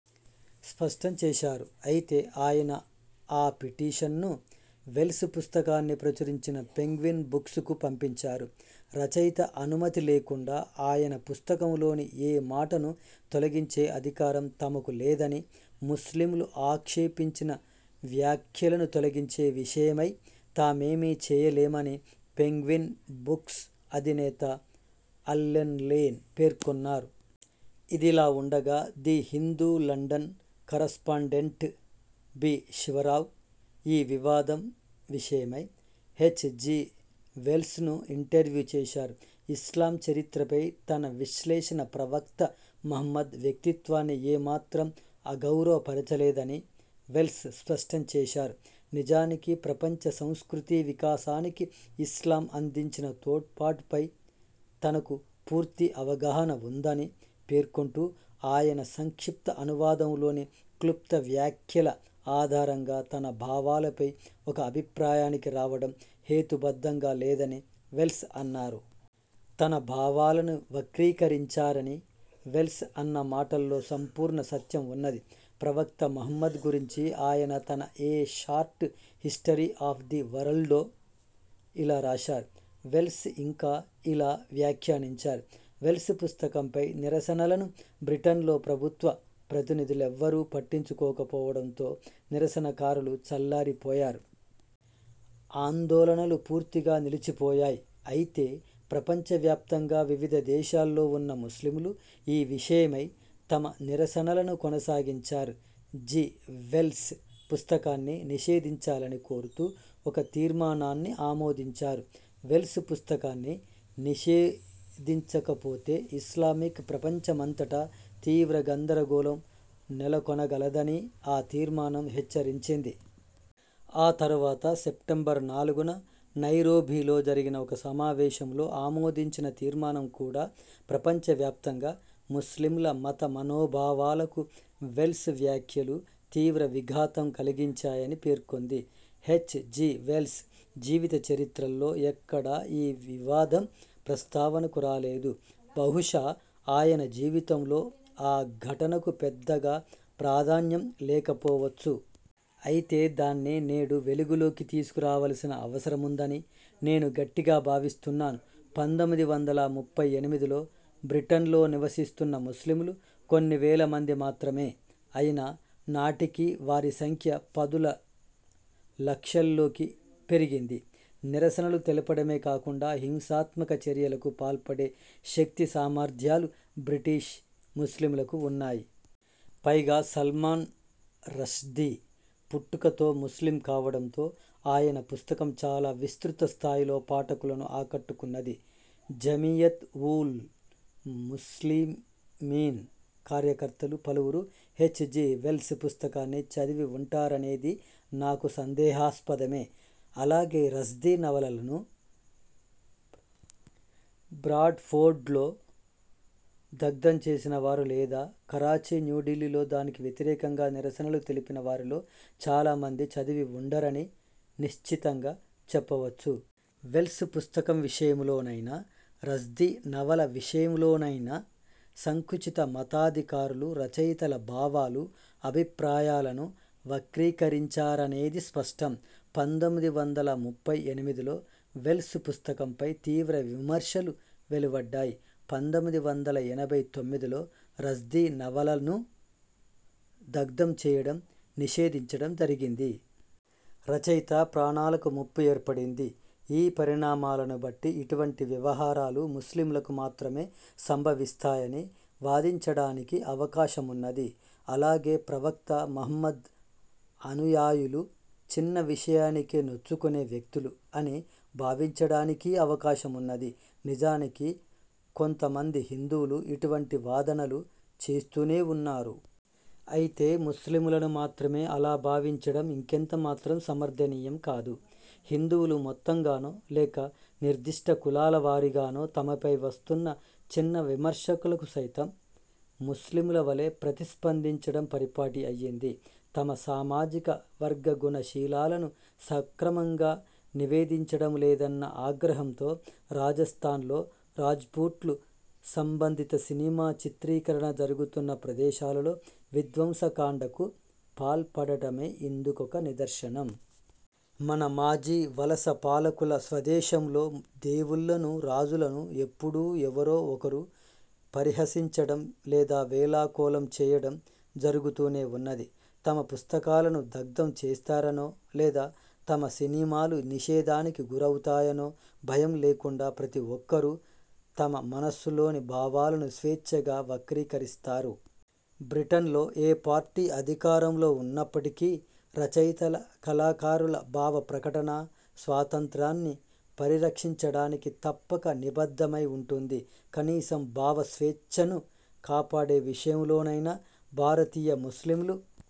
స్పష్టం చేశారు. అయితే ఆయన ఆ పిటీషన్ను వెల్స్ పుస్తకాన్ని ప్రచురించిన పెంగ్విన్ బుక్స్కు పంపించారు. రచయిత అనుమతి లేకుండా ఆయన పుస్తకం లోని ఏ మాటనూ తొలగించే అధికారం తమకు లేదని, ముస్లింలు ఆక్షేపించిన వ్యాఖ్యలను తొలగించే విషయమై తామేమీ చేయలేమని పెంగ్విన్ బుక్స్ అధినేత అల్లెన్ లేన్ పేర్కొన్నారు. ఇదిలావుండగా the Hindu London correspondent B. Sivarao ఈ వివాదం విషయమై హెచ్. జి. వెల్స్ను ఇంటర్వ్యూ చేశారు. ఇస్లాం చరిత్రపై తన విశ్లేషణ ప్రవక్త మహ్మద్ వ్యక్తిత్వాన్ని ఏమాత్రం అగౌరవపరచలేదని వెల్స్ స్పష్టం చేశారు. నిజానికి ప్రపంచ సంస్కృతీ వికాసానికి ఇస్లాం అందించిన తోడ్పాటుపై తనకు పూర్తి అవగాహన వుందని పేర్కొంటూ అయినా సంక్షిప్త అనువాదంలోని క్లుప్త వ్యాఖ్యల ఆధారంగా తన భావాలపై ఒక అభిప్రాయానికి రావడం హేతుబద్ధంగా లేదని వెల్స్ అన్నారు. తన భావాలను వక్రీకరించారని వెల్స్ అన్న మాటలో సంపూర్ణ సత్యం వున్నది. ప్రవక్త మహమ్మద్ గురించి ఆయన తన a short history of the వరల్డ్లో ఇలా రాశారు వెల్స్ ఇంకా ఇలా వ్యాఖ్యానించారు, వెల్స్ పుస్తకంపై నిరసనలను బ్రిటన్లో ప్రభుత్వ ప్రతినిధులెవ్వరూ పట్టించుకోక పోవడంతో నిరసనకారులు చల్లారి పోయారు. ఆందోళనలు పూర్తిగా నిలిచిపోయాయి. అయితే ప్రపంచ వ్యాప్తంగా వివిధ దేశాల్లో వున్న ముస్లింలు ఈ విషయమై తమ నిరసనలను కొనసాగించారు. జి. వెల్స్ పుస్తకాన్ని నిషేధించాలని కోరుతూ ఒక తీర్మానాన్ని ఆమోదించారు. వెల్స్ పుస్తకాన్ని నిషేధించకపోతే ఇస్లామిక్ ప్రపంచమంతటా తీవ్ర గందరగోళం నెలకొనగలదనీ ఆ తీర్మానం హెచ్చరించింది. ఆ తరువాత సెప్టెంబర్ నాలుగున నైరోబీలో జరిగిన ఒక సమావేశంలో ఆమోదించిన తీర్మానం కూడా ప్రపంచ వ్యాప్తంగా ముస్లింల మత మనోభావాలకు వెల్స్ వ్యాఖ్యలు తీవ్ర విఘాతం కలిగించాయని పేర్కొంది హెచ్. జి. వెల్స్ జీవిత చరిత్రల్లో ఎక్కడా ఈ వివాదం ప్రస్తావనకు రాలేదు. బహుశా ఆయన జీవితంలో ఆ ఘటనకు పెద్దగా ప్రాధాన్యం లేకపోవచ్చు. అయితే దాన్ని నేడు వెలుగులోకి తీసుకు రావాల్సిన అవసరముందని నేను గట్టిగా భావిస్తున్నాను. పంతొమ్మిది వందల ముప్పై ఎనిమిదిలో బ్రిటన్లో నివసిస్తున్న ముస్లింలు కొన్ని వేల మంది మాత్రమే అయినా నాటికి వారి సంఖ్య పదుల లక్షల్లోకి పెరిగింది. నిరసనలు తెలుపడమే కాకుండా హింసాత్మక చర్యలకు పాల్పడే శక్తి సామర్థ్యాలు బ్రిటిష్ ముస్లింలకు వున్నాయి. పైగా సల్మాన్ రష్దీ పుట్టుకతో ముస్లిం కావడంతో ఆయన పుస్తకం చాలా విస్తృత స్థాయిలో పాఠకులను ఆకట్టుకున్నది. జమీయత్ ఊ ల్ ముస్లిమీన్ కార్యకర్తలు పలువురు హెచ్. జి. వెల్స్ పుస్తకాన్ని చదివివుంటారనేది నాకు సందేహాస్పదమే. అలాగే రష్దీ నవలను బ్రాడ్ఫోర్డ్లో దగ్ధం చేసిన వారు లేదా కరాచీ, న్యూఢిల్లీలో దానికి వ్యతిరేకంగా నిరసనలు తెలిపిన వారిలో చాలా మంది చదివివుండరని నిశ్చితంగా చెప్పవచ్చు. వెల్స్ పుస్తకం విషయంలో నైనా, రష్దీ నవల విషయంలోనైనా సంకుచిత మతాధి కారులు రచయితల భావాలు, అభిప్రాయాలను వక్రీకరించారనేది స్పష్టం. పంతొమ్మిది వందల ముప్పై ఎనిమిదిలో వెల్స్ పుస్తకంపై తీవ్రవిమర్శలు వెలువడ్డాయి. పంతొమ్మిది వందల ఎనభై తొమ్మిదిలో రష్దీ నవలను దగ్ధం చేయడం, నిషేధించడం జరిగింది. రచయిత ప్రాణాలకు ముప్పు ఏర్పడింది. ఈ పరిణామాలను బట్టి ఇటువంటి వ్యవహారాలు ముస్లింలకు మాత్రమే సంభవిస్తాయని వాదించడానికి అవకాశ మున్నది. అలాగే ప్రవక్త మహమ్మద్ అనుయాయులు చిన్న విషయానికే నొచ్చుకునే వ్యక్తులు అని భావించడానికీ అవకాశమున్నది. నిజానికి కొంతమంది హిందువులు ఇటువంటి వాదనలు చేస్తూనే వున్నారు. అయితే ముస్లింలను మాత్రమే అలా భావించడం ఇంకెంత మాత్రం సమర్థనీయం కాదు. హిందువులు మొత్తంగానో లేక నిర్దిష్ట కులాల వారీగానో తమపై వస్తున్న చిన్న విమర్శలకు సైతం, ముస్లింల వలే ప్రతి స్పందించడం పరి పాటి అయింది. తమ సామాజిక వర్గగుణ శీలాలను సక్రమంగా నివేదించడం లేదన్న ఆగ్రహంతో రాజస్థాన్లో రాజ్పుట్లు సంబంధిత సినిమా చిత్రీకరణ జరుగుతున్న ప్రదేశాలలో విధ్వంస కాండకు పాల్పడటమే ఇందు కొక నిదర్శనం. మన మాజీ వలస పాలకుల స్వదేశంలో దేవుళ్లను, రాజులను ఎప్పుడూ ఎవరో ఒకరు పరిహసించడం లేదా వేళాకోళం చేయడం జరుగుతూనే వున్నది. తమ పుస్తకాలను దగ్ధం చేస్తారనో లేదా తమ సినిమాలు నిషేధానికి గురవుతాయనో భయం లేకుండా ప్రతి ఒక్కరూ తమ మనస్సులోని భావాలను స్వేచ్ఛగా వ్యక్తీకరిస్తారు. బ్రిటన్లో ఏ పార్టీ అధికారంలో వున్నప్పటికీ రచయితల, కళాకారుల భావప్రకటనా స్వాతంత్రాన్ని పరిరక్షించడానికి తప్పక నిబద్ధమై వుంటుంది. కనీసం భావ స్వేచ్ఛను కాపాడే విషయంలో నైనా భారతీయ ముస్లింలు,